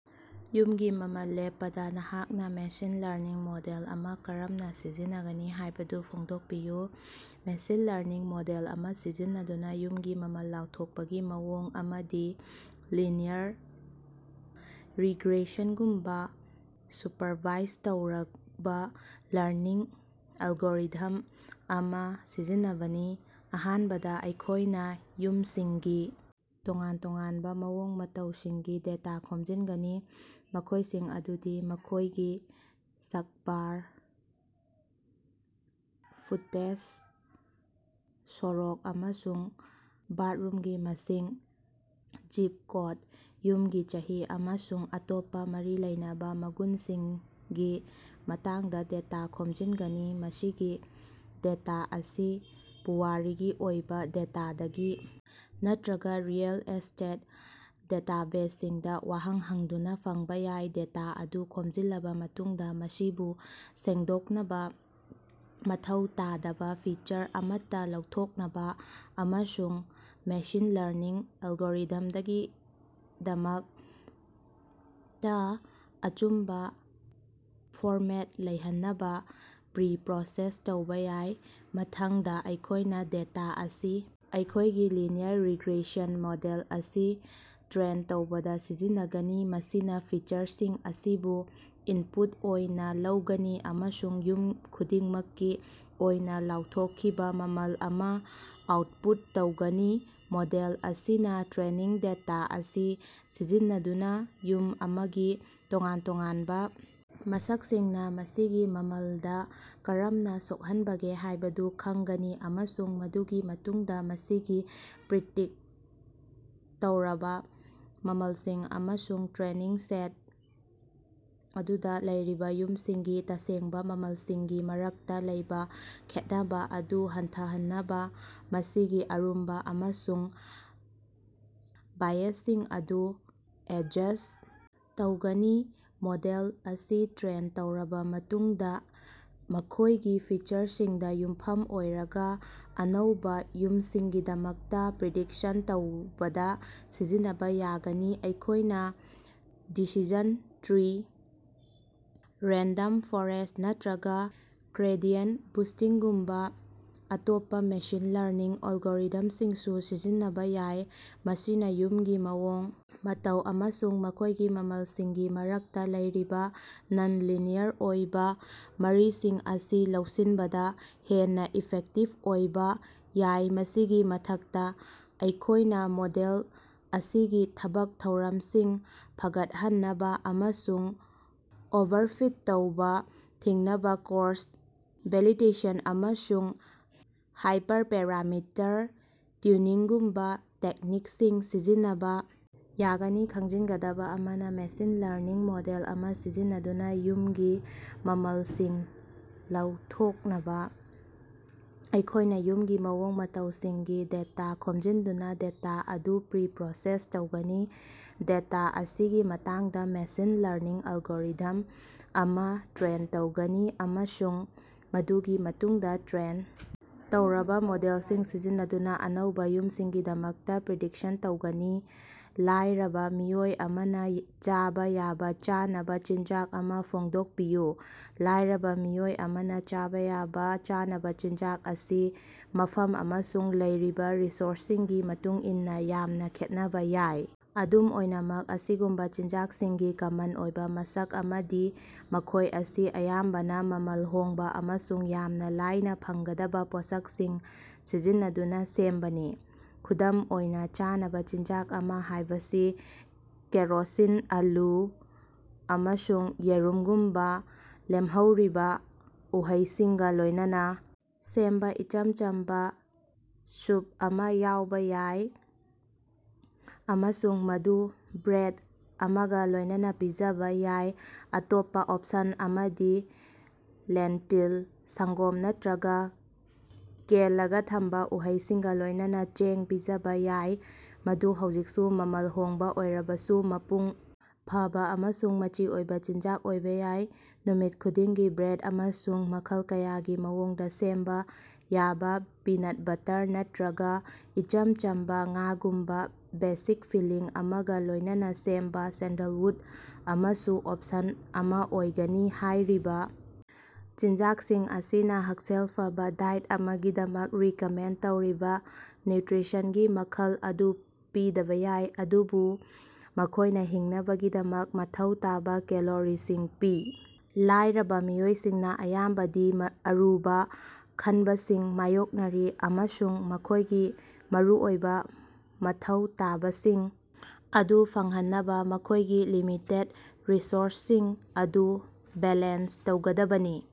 ꯌꯨꯝꯒꯤ ꯃꯃꯜ ꯂꯦꯞꯄꯗ ꯅꯍꯥꯛꯅ ꯃꯦꯁꯤꯟ ꯂꯔꯅꯤꯡ ꯃꯣꯗꯦꯜ ꯑꯃ ꯀꯔꯝꯅ ꯁꯤꯖꯤꯟꯅꯒꯅꯤ ꯍꯥꯏꯕꯗꯨ ꯐꯣꯡꯗꯣꯛꯄꯤꯌꯨ꯫ ꯃꯦꯁꯤꯟ ꯂꯔꯅꯤꯡ ꯃꯣꯗꯦꯜ ꯑꯃ ꯁꯤꯖꯤꯟꯅꯗꯨꯅ ꯌꯨꯝꯒꯤ ꯃꯃꯜ ꯂꯥꯎꯊꯣꯛꯄꯒꯤ ꯃꯑꯣꯡ ꯑꯃꯗꯤ ꯂꯤꯅꯤꯌꯔ ꯔꯤꯒ꯭ꯔꯦꯁꯟꯒꯨꯝꯕ ꯁꯨꯄꯔꯚꯥꯏꯖ ꯇꯧꯔꯕ ꯂꯔꯅꯤꯡ ꯑꯦꯜꯒꯣꯔꯤꯊꯝ ꯑꯃ ꯁꯤꯖꯤꯟꯅꯕꯅꯤ꯫ ꯑꯍꯥꯟꯕꯗ ꯑꯩꯈꯣꯏꯅ ꯌꯨꯝꯁꯤꯡꯒꯤ ꯇꯣꯉꯥꯟ ꯇꯣꯉꯥꯟꯕ ꯃꯑꯣꯡ ꯃꯇꯧꯁꯤꯡꯒꯤ ꯗꯦꯇꯥ ꯈꯣꯝꯖꯤꯟꯒꯅꯤ, ꯃꯈꯣꯏꯁꯤꯡ ꯑꯗꯨꯗꯤ ꯃꯈꯣꯏꯒꯤ ꯁꯛꯕꯥꯔ ꯐꯨꯇꯦꯖ, ꯁꯣꯔꯣꯛ ꯑꯃꯁꯨꯡ ꯕꯥꯊꯔꯨꯝꯒꯤ ꯃꯁꯤꯡ, ꯖꯤꯞ ꯀꯣꯗ, ꯌꯨꯝꯒꯤ ꯆꯍꯤ, ꯑꯃꯁꯨꯡ ꯑꯇꯣꯞꯄ ꯃꯔꯤ ꯂꯩꯅꯕ ꯃꯒꯨꯟꯁꯤꯡꯒꯤ ꯃꯇꯥꯡꯗ ꯗꯦꯇꯥ ꯈꯣꯝꯖꯤꯟꯒꯅꯤ꯫ ꯃꯁꯤꯒꯤ ꯗꯦꯇꯥ ꯑꯁꯤ ꯄꯨꯋꯥꯔꯤꯒꯤ ꯑꯣꯏꯕ ꯗꯦꯇꯥꯗꯒꯤ ꯅꯠꯇ꯭ꯔꯒ ꯔꯤꯑꯦꯜ ꯏꯁ꯭ꯇꯦꯠ ꯗꯦꯇꯥꯕꯦꯖꯁꯤꯡꯗ ꯋꯥꯍꯪ ꯍꯪꯗꯨꯅ ꯐꯪꯕ ꯌꯥꯏ꯫ ꯗꯦꯇꯥ ꯑꯗꯨ ꯈꯣꯝꯖꯤꯜꯂꯕ ꯃꯇꯨꯡꯗ, ꯃꯁꯤꯕꯨ ꯁꯦꯡꯗꯣꯛꯅꯕ, ꯃꯊꯧ ꯇꯥꯗꯕ ꯐꯤꯆꯔ ꯑꯃꯠꯇ ꯂꯧꯊꯣꯛꯅꯕ ꯑꯃꯁꯨꯡ ꯃꯦꯁꯤꯟ ꯂꯔꯅꯤꯡ ꯑꯦꯜꯒꯣꯔꯤꯊꯝꯒꯤꯗꯃꯛꯇ ꯑꯆꯨꯝꯕ ꯐꯣꯔꯃꯦꯠꯇ ꯂꯩꯍꯟꯅꯕ ꯄ꯭ꯔꯤ-ꯄ꯭ꯔꯣꯁꯦꯁ ꯇꯧꯕ ꯌꯥꯏ꯫ ꯃꯊꯪꯗ, ꯑꯩꯈꯣꯏꯅ ꯗꯦꯇꯥ ꯑꯁꯤ ꯑꯩꯈꯣꯏꯒꯤ ꯂꯤꯅꯤꯌꯔ ꯔꯤꯒ꯭ꯔꯦꯁꯟ ꯃꯣꯗꯦꯜ ꯑꯁꯤ ꯇ꯭ꯔꯦꯟ ꯇꯧꯕꯗ ꯁꯤꯖꯤꯟꯅꯒꯅꯤ, ꯃꯁꯤꯅ ꯐꯤꯆꯔꯁꯤꯡ ꯑꯁꯤꯕꯨ ꯏꯟꯄꯨꯠ ꯑꯣꯏꯅ ꯂꯧꯒꯅꯤ ꯑꯃꯁꯨꯡ ꯌꯨꯝ ꯈꯨꯗꯤꯡꯃꯛꯀꯤ ꯑꯣꯏꯅ ꯂꯥꯎꯊꯣꯛꯈꯤꯕ ꯃꯃꯜ ꯑꯃ ꯑꯥꯎꯠꯄꯨꯠ ꯇꯧꯒꯅꯤ꯫ ꯃꯣꯗꯦꯜ ꯑꯁꯤꯅ ꯇ꯭ꯔꯦꯅꯤꯡ ꯗꯦꯇꯥ ꯑꯁꯤ ꯁꯤꯖꯤꯟꯅꯗꯨꯅ ꯌꯨꯝ ꯑꯃꯒꯤ ꯇꯣꯉꯥꯟ ꯇꯣꯉꯥꯟꯕ ꯃꯁꯛꯁꯤꯡꯅ ꯃꯁꯤꯒꯤ ꯃꯃꯜꯗ ꯀꯔꯝꯅ ꯁꯣꯛꯍꯟꯕꯒꯦ ꯍꯥꯏꯕꯗꯨ ꯈꯪꯒꯅꯤ, ꯑꯃꯁꯨꯡ ꯃꯗꯨꯒꯤ ꯃꯇꯨꯡꯗ ꯃꯁꯤꯒꯤ ꯄ꯭ꯔꯤꯗꯤꯛꯇ ꯇꯧꯔꯕ ꯃꯃꯜꯁꯤꯡ ꯑꯃꯁꯨꯡ ꯇ꯭ꯔꯦꯅꯤꯡ ꯁꯦꯠ ꯑꯗꯨꯗ ꯂꯩꯔꯤꯕ ꯌꯨꯝꯁꯤꯡꯒꯤ ꯇꯁꯦꯡꯕ ꯃꯃꯜꯁꯤꯡꯒꯤ ꯃꯔꯛꯇ ꯂꯩꯕ ꯈꯦꯠꯅꯕ ꯑꯗꯨ ꯍꯟꯊꯍꯟꯅꯕ ꯃꯁꯤꯒꯤ ꯑꯔꯨꯝꯕ ꯑꯃꯁꯨꯡ ꯕꯥꯏꯑꯦꯖꯁꯤꯡ ꯑꯗꯨ ꯑꯦꯗꯖꯁ꯭ꯠ ꯇꯧꯒꯅꯤ꯫ ꯃꯣꯗꯦꯜ ꯑꯁꯤ ꯇ꯭ꯔꯦꯟ ꯇꯧꯔꯕ ꯃꯇꯨꯡꯗ, ꯃꯈꯣꯏꯒꯤ ꯐꯤꯆꯔꯁꯤꯡꯗ ꯌꯨꯝꯐꯝ ꯑꯣꯏꯔꯒ, ꯑꯅꯧꯕ ꯌꯨꯝꯁꯤꯡꯒꯤꯗꯃꯛꯇ ꯄ꯭ꯔꯤꯗꯤꯛꯁꯟ ꯇꯧꯕꯗ ꯁꯤꯖꯤꯟꯅꯕ ꯌꯥꯒꯅꯤ꯫ ꯑꯩꯈꯣꯏꯅ ꯗꯤꯁꯤꯖꯟ ꯇ꯭ꯔꯤ, ꯔꯦꯟꯗꯝ ꯐꯣꯔꯦꯁꯠ, ꯅꯠꯇ꯭ꯔꯒ ꯒ꯭ꯔꯦꯗꯤꯌꯦꯟꯇ ꯕꯨꯁꯇꯤꯡꯒꯨꯝꯕ ꯑꯇꯣꯞꯄ ꯃꯦꯁꯤꯟ ꯂꯔꯅꯤꯡ ꯑꯦꯜꯒꯣꯔꯤꯊꯝꯁꯤꯡꯁꯨ ꯁꯤꯖꯤꯟꯅꯕ ꯌꯥꯏ, ꯃꯁꯤꯅ ꯌꯨꯝꯒꯤ ꯃꯑꯣꯡ ꯃꯇꯧ ꯑꯃꯁꯨꯡ ꯃꯈꯣꯏꯒꯤ ꯃꯃꯜꯒꯤ ꯃꯔꯛꯇ ꯂꯩꯔꯤꯕ ꯅꯟ-ꯂꯤꯅꯤꯌꯔ ꯑꯣꯏꯕ ꯃꯔꯤꯁꯤꯡ ꯑꯁꯤ ꯂꯧꯁꯤꯟꯕꯗ ꯍꯦꯟꯅ ꯏꯐꯦꯛꯇꯤꯚ ꯑꯣꯏꯕ ꯌꯥꯏ꯫ ꯃꯁꯤꯒꯤ ꯃꯊꯛꯇ, ꯑꯩꯈꯣꯏꯅ ꯃꯣꯗꯦꯜ ꯑꯁꯤꯒꯤ ꯊꯕꯛ ꯊꯧꯔꯝꯁꯤꯡ ꯐꯒꯠꯍꯟꯅꯕ ꯑꯃꯁꯨꯡ ꯑꯣꯚꯔꯐꯤꯠ ꯇꯧꯕ ꯊꯤꯡꯅꯕ ꯀ꯭ꯔꯣꯁ-ꯚꯦꯂꯤꯗꯦꯁꯟ ꯑꯃꯁꯨꯡ ꯍꯥꯏꯄꯔꯄꯦꯔꯥꯃꯤꯇꯔ ꯇ꯭ꯌꯨꯅꯤꯡꯒꯨꯝꯕ ꯇꯦꯛꯅꯤꯛꯁꯤꯡ ꯁꯤꯖꯤꯟꯅꯕ ꯌꯥꯒꯅꯤ꯫ ꯈꯪꯖꯤꯟꯒꯗꯕ ꯑꯃꯅ, ꯃꯦꯁꯤꯟ ꯂꯔꯅꯤꯡ ꯃꯣꯗꯦꯜ ꯑꯃ ꯁꯤꯖꯤꯟꯅꯗꯨꯅꯥ ꯌꯨꯝꯒꯤ ꯃꯃꯜꯁꯤꯡ ꯂꯧꯊꯣꯛꯅꯕ ꯑꯩꯈꯣꯏꯅ ꯌꯨꯝꯒꯤ ꯃꯑꯣꯡ ꯃꯇꯧꯁꯤꯡꯒꯤ ꯗꯦꯇꯥ ꯈꯣꯝꯖꯤꯟꯗꯨꯅ ꯗꯦꯇꯥ ꯑꯗꯨ ꯄ꯭ꯔꯤ-ꯄ꯭ꯔꯣꯁꯦꯁ ꯇꯧꯒꯅꯤ, ꯗꯦꯇꯥ ꯑꯁꯤꯒꯤ ꯃꯇꯥꯡꯗ ꯃꯦꯁꯤꯟ ꯂꯔꯅꯤꯡ ꯑꯦꯜꯒꯣꯔꯤꯊꯝ ꯑꯃ ꯇ꯭ꯔꯦꯟ ꯇꯧꯒꯅꯤ, ꯑꯃꯁꯨꯡ ꯃꯗꯨꯒꯤ ꯃꯇꯨꯡꯗ ꯇ꯭ꯔꯦꯟ ꯇꯧꯔꯕ ꯃꯣꯗꯦꯜ ꯑꯗꯨ ꯁꯤꯖꯤꯟꯅꯗꯨꯅ ꯑꯅꯧꯕ ꯌꯨꯝꯁꯤꯡꯒꯤꯗꯃꯛꯇ ꯄ꯭ꯔꯤꯗꯤꯛꯁꯟ ꯇꯧꯒꯅꯤ꯫ ꯂꯥꯏꯔꯕ ꯃꯤꯑꯣꯏ ꯑꯃꯅ ꯆꯥꯕ ꯌꯥꯕ ꯆꯥꯅꯕ ꯆꯤꯟꯖꯥꯛ ꯑꯃ ꯐꯣꯡꯗꯣꯛꯄꯤꯌꯨ꯫ ꯂꯥꯏꯔꯕ ꯃꯤꯑꯣꯏ ꯑꯃꯅ ꯆꯥꯕ ꯌꯥꯕ ꯆꯥꯅꯕ ꯆꯤꯟꯖꯥꯛ ꯑꯁꯤ ꯃꯐꯝ ꯑꯃꯁꯨꯡ ꯂꯩꯔꯤꯕ ꯔꯤꯁꯣꯔꯁꯁꯤꯡꯒꯤ ꯃꯇꯨꯡꯏꯟꯅ ꯌꯥꯝꯅꯥ ꯈꯦꯠꯅꯕ ꯌꯥꯏ꯫ ꯑꯗꯨꯝ ꯑꯣꯏꯅꯃꯛ, ꯑꯁꯤꯒꯨꯝꯕ ꯆꯤꯟꯖꯥꯛꯁꯤꯡꯒꯤ ꯀꯃꯟ ꯑꯣꯏꯕ ꯃꯁꯛ ꯑꯃꯗꯤ ꯃꯈꯣꯏ ꯑꯁꯤ ꯑꯌꯥꯝꯕꯅ ꯃꯃꯜ ꯍꯣꯡꯕ ꯑꯃꯁꯨꯡ ꯌꯥꯝꯅ ꯂꯥꯏꯅ ꯐꯪꯒꯗꯕ ꯄꯣꯠꯁꯛꯁꯤꯡ ꯁꯤꯖꯤꯟꯅꯗꯨꯅ ꯁꯦꯝꯕꯅꯤ꯫ ꯈꯨꯗꯝ ꯑꯣꯏꯅ, ꯆꯥꯅꯕ ꯆꯤꯟꯖꯥꯛ ꯑꯃ ꯍꯥꯏꯕꯁꯤ ꯀꯦꯔꯣꯁꯤꯟ, ꯑꯂꯨ, ꯑꯃꯁꯨꯡ ꯌꯦꯔꯨꯝꯒꯨꯝꯕ ꯂꯦꯝꯍꯧꯔꯤꯕ ꯎꯍꯩꯁꯤꯡꯒ ꯂꯣꯏꯅꯅ ꯁꯦꯝꯕ ꯏꯆꯝ ꯆꯝꯕ ꯁ꯭ꯌꯨꯞ ꯑꯃ ꯌꯥꯎꯕ ꯌꯥꯏ, ꯑꯃꯁꯨꯡ ꯃꯗꯨ ꯕ꯭ꯔꯦꯗ ꯑꯃꯒ ꯂꯣꯏꯅꯅ ꯄꯤꯖꯕ ꯌꯥꯏ꯫ ꯑꯇꯣꯞꯄ ꯑꯣꯞꯁꯟ ꯑꯃꯗꯤ ꯂꯦꯟꯇꯤꯜ, ꯁꯪꯒꯣꯝ ꯅꯠꯇ꯭ꯔꯒ ꯀꯦꯜꯂꯒ ꯊꯝꯕ ꯎꯍꯩꯁꯤꯡꯒ ꯂꯣꯏꯅꯅ ꯆꯦꯡ ꯄꯤꯖꯕ ꯌꯥꯏ, ꯃꯗꯨ ꯍꯧꯖꯤꯛꯁꯨ ꯃꯃꯜ ꯍꯣꯡꯕ ꯑꯣꯏꯔꯕꯁꯨ ꯃꯄꯨꯡ ꯐꯥꯕ ꯑꯃꯁꯨꯡ ꯃꯆꯤ ꯑꯣꯏꯕ ꯆꯤꯟꯖꯥꯛ ꯑꯣꯏꯕ ꯌꯥꯏ꯫ ꯅꯨꯃꯤꯠ ꯈꯨꯗꯤꯡꯒꯤ ꯕ꯭ꯔꯦꯗ ꯑꯃꯁꯨꯡ ꯃꯈꯜ ꯀꯌꯥꯒꯤ ꯃꯑꯣꯡꯗ ꯁꯦꯝꯕ ꯌꯥꯕ ꯄꯤꯅꯠ ꯕꯠꯇꯔ ꯅꯠꯇ꯭ꯔꯒ ꯏꯆꯝ ꯆꯝꯕ ꯉꯥꯒꯨꯝꯕ ꯕꯦꯁꯤꯛ ꯐꯤꯜꯂꯤꯡ ꯑꯃꯒ ꯂꯣꯏꯅꯅ ꯁꯦꯝꯕ ꯁꯦꯟꯗꯜꯋꯨꯗ ꯑꯃꯁꯨ ꯑꯣꯞꯁꯟ ꯑꯃ ꯑꯣꯏꯒꯅꯤ꯫ ꯍꯥꯏꯔꯤꯕ ꯆꯤꯟꯖꯥꯛꯁꯤꯡ ꯑꯁꯤꯅ ꯍꯛꯁꯦꯜ ꯐꯕ ꯗꯥꯏꯠ ꯑꯃꯒꯤꯗꯃꯛ ꯔꯤꯀꯃꯦꯟꯗ ꯇꯧꯔꯤꯕ ꯅ꯭ꯌꯨꯇ꯭ꯔꯤꯁꯟꯒꯤ ꯃꯈꯜ ꯑꯗꯨ ꯄꯤꯗꯕ ꯌꯥꯏ, ꯑꯗꯨꯕꯨ ꯃꯈꯣꯏꯅ ꯍꯤꯡꯅꯕꯒꯤꯗꯃꯛ ꯃꯊꯧ ꯇꯥꯕ ꯀꯦꯂꯣꯔꯤꯁꯤꯡ ꯄꯤ꯫ ꯂꯥꯏꯔꯕ ꯃꯤꯑꯣꯏꯁꯤꯡꯅ ꯑꯌꯥꯝꯕꯗꯤ ꯑꯔꯨꯕ ꯈꯟꯕꯁꯤꯡ ꯃꯥꯌꯣꯛꯅꯔꯤ ꯑꯃꯁꯨꯡ ꯃꯈꯣꯏꯒꯤ ꯃꯔꯨꯑꯣꯏꯕ ꯃꯊꯧ ꯇꯥꯕꯁꯤꯡ ꯑꯗꯨ ꯐꯪꯍꯟꯅꯕ ꯃꯈꯣꯏꯒꯤ ꯂꯤꯃꯤꯇꯦꯠ ꯔꯤꯁꯣꯔꯁꯁꯤꯡ ꯑꯗꯨ ꯕꯦꯂꯦꯟꯁ ꯇꯧꯒꯗꯕꯅꯤ꯫